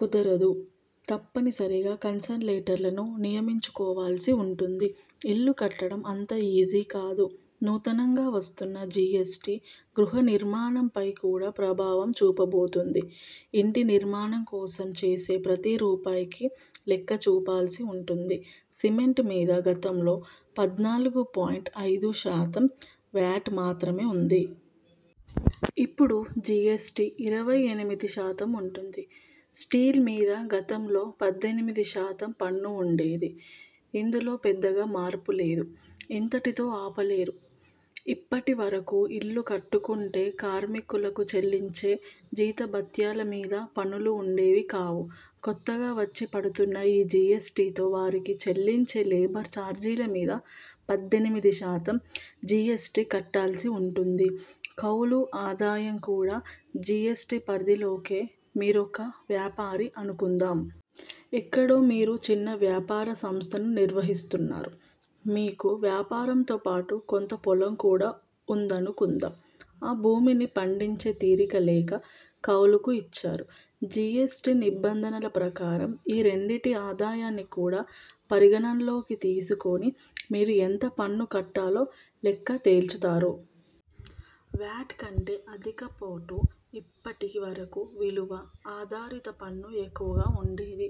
కుదరదు, తప్పనిసరిగా కన్సల్టెంట్లను నియమించుకోవాల్సి ఉంటుంది. ఇల్లు కట్టడం అంత ఈజీ కాదు నూతనంగా వస్తున్న జీఎస్టీ గృహ నిర్మాణం పయి కూడా ప్రభావం చూపబోతోంది. ఇంటి నిర్మాణం కోసం చేసే ప్రతి రూపాయికి లెక్క చూపాల్సి ఉంటుంది. సిమెంట్ మీద గతంలో పద్నాలుగు పాయింట్ ఐదు శాతం వ్యాట్ మాత్రమే ఉంది. ఇపుడు జీఎస్టీ ఇరవై ఎనిమిది శాతం ఉంటుంది. స్టీల్ మీద గతంలో పద్దెనిమిది శాతం పన్ను ఉండేది. ఇందులో పెద్దగా మార్పు లేదు. ఇంతటితో అవలేదు. ఇప్పటి వరకు ఇల్లు కట్టుకుంటే కార్మికులకు చెల్లించే జీతభత్యాల మీద పన్నులు ఉండేవి కావు. కొత్తగా వచ్చి పడుతున్న ఈ జీఎస్టీతో వారికి చెల్లించే లేబర్ చార్జీల మీద పద్దెనిమిది శాతం జీఎస్టీ కట్టాల్సి ఉంటుంది కౌలు ఆదాయం కూడా జీఎస్టీ పరిధిలోకే మీరొక వ్యాపారి అనుకుందాం. ఎక్కడో మీరు చిన్న వ్యాపార సంస్థను నిర్వహిస్తున్నారు. మీకు వ్యాపారంతో పాటు కొంత పొలం కూడా ఉందనుకుందాం. ఆ భూమిని పండించే తీరిక లేక కౌలుకు ఇచ్చారు. జీఎస్టీ నిబంధనల ప్రకారం ఈ రెండింటి ఆదాయాన్ని కూడా పరిగణనలోకి తీసుకుని మీరు ఎంత పన్ను కట్టాలో లెక్క తేల్చుతారు. వ్యాట్ కంటే అధికపోటు ఇప్పటి వరకు విలువ ఆధారిత పన్ను ఎక్కువగా ఉండేది.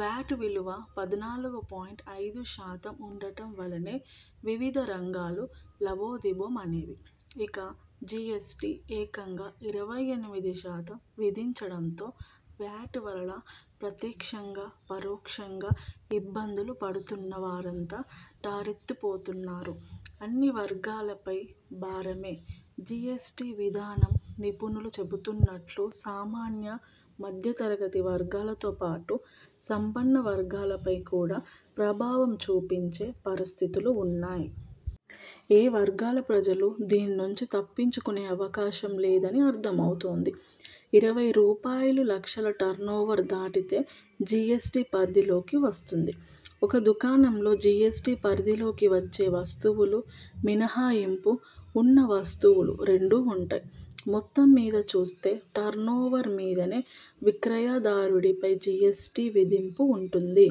వ్యాట్ విలువ పద్నాలుగు పాయింట్ ఐదు శాతం ఉండటం వల్లనే వివిధ రంగాలు లబోదిబో మనేవి ఇక జీఎస్టీ ఏకంగా ఇరవై ఎనిమిది శాతం విధించటంతో వ్యాట్ వల్ల ప్రత్యక్షంగా, పరోక్షంగా ఇబ్బందులు పడుతున్న వారంతా ఠారెత్తుతున్నారు అన్ని వర్గాలపైనా భారమే జీఎస్టీ విధానం నిపుణులు చెబుతున్నట్టు సామాన్య, మధ్య తరగతి వర్గాలతో పాటు సంపన్న వర్గాలపై కూడా ప్రభావం చూపించే పరిస్థితులు ఉన్నాయి. ఏ వర్గాల ప్రజలూ దీని నుంచి తప్పించుకునే అవకాశం లేదని అర్థమవుతోంది. ఇరవై రూపాయల లక్షల టర్నోవర్ దాటితే జీఎస్టీ పరిధిలోకి వస్తుంది ఒక దుకాణంలో జీఎస్టీ పరిధిలోకి వచ్చే వస్తువులూ, మినహాయింపు ఉన్న వస్తువులు రెండూ ఉంటాయి. మొత్తం మీదా చూస్తే టర్నోవర్ మీదనే విక్రయదారుడిపై జీఎస్టీ విధింపు ఉంటుంది.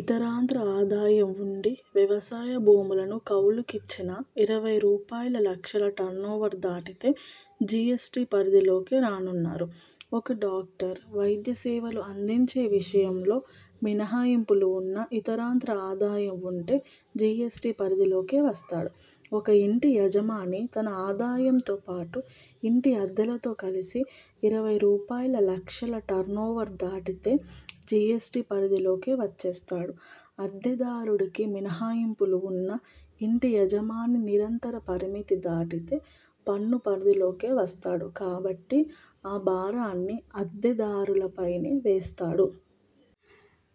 ఇతరత్రా ఆదాయం ఉండి వ్యవసాయ భూములను కౌలుకిచ్చినా ఇరవై రూపాయలులక్షల టర్నోవర్ దాటితే జీఎస్టీ పరిధిలోకి రానున్నారు ఒక డాక్టర్ వైద్య సేవలు అందించే విషయంలో మినహాయింపులు ఉన్నా ఇతరత్రా ఆదాయం ఉంటే జీఎస్టీ పరిధిలోకి వస్తాడు. ఒక ఇంటి యజమాని తన ఆదాయంతో పాటు ఇంటి అద్దెలతో కలిపి ఇరవై రూపాయల లక్షల టర్నోవర్ దాటితే జీఎస్టీ పరిధిలోకి వచ్చేస్తాడు అద్దె దారుడికి మినహాయింపులు ఉన్నా ఇంటి యజమాని నిర్ణీత పరిమితి దాటితే పన్ను పరిధిలోకి వస్తాడు కాబట్టి ఆ భారాన్ని అద్దె దారులపైనే వేస్తాడు.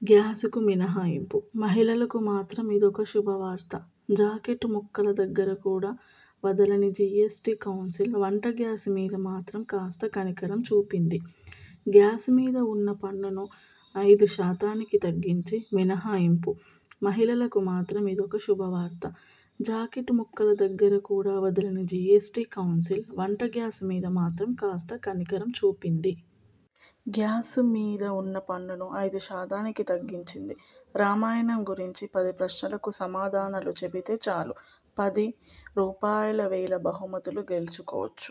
గ్యాస్కు మినహాయింపు మహిళలకు మాత్రం ఇదొక శుభవార్త. జాకెట్ ముక్కల దగ్గర కూడా వదలని జీఎస్టీ కౌన్సిల్ వంట గ్యాస్ మీద మాత్రం కాస్త కనికరం చూపింది. గ్యాస్ మీద ఉన్న పన్నును ఐదు శాతానికి తగ్గించింది మినహాయింపు మహిళలకు మాత్రం ఇదొక శుభవార్త. జాకెట్ ముక్కల దగ్గర కూడా వదలని జీఎస్టీ కౌన్సిల్ వంట గ్యాస్ మీద మాత్రం కాస్త కనికరం చూపింది. గ్యాస్ మీద ఉన్న పన్నును ఐదు శాతానికి తగ్గించింది. రామాయణం గురించి పది ప్రశ్నలకు సమాధానాలు చెబితే చాలు పది రూపాయల వేల బహుమతులు గెలుచుకోవచ్చు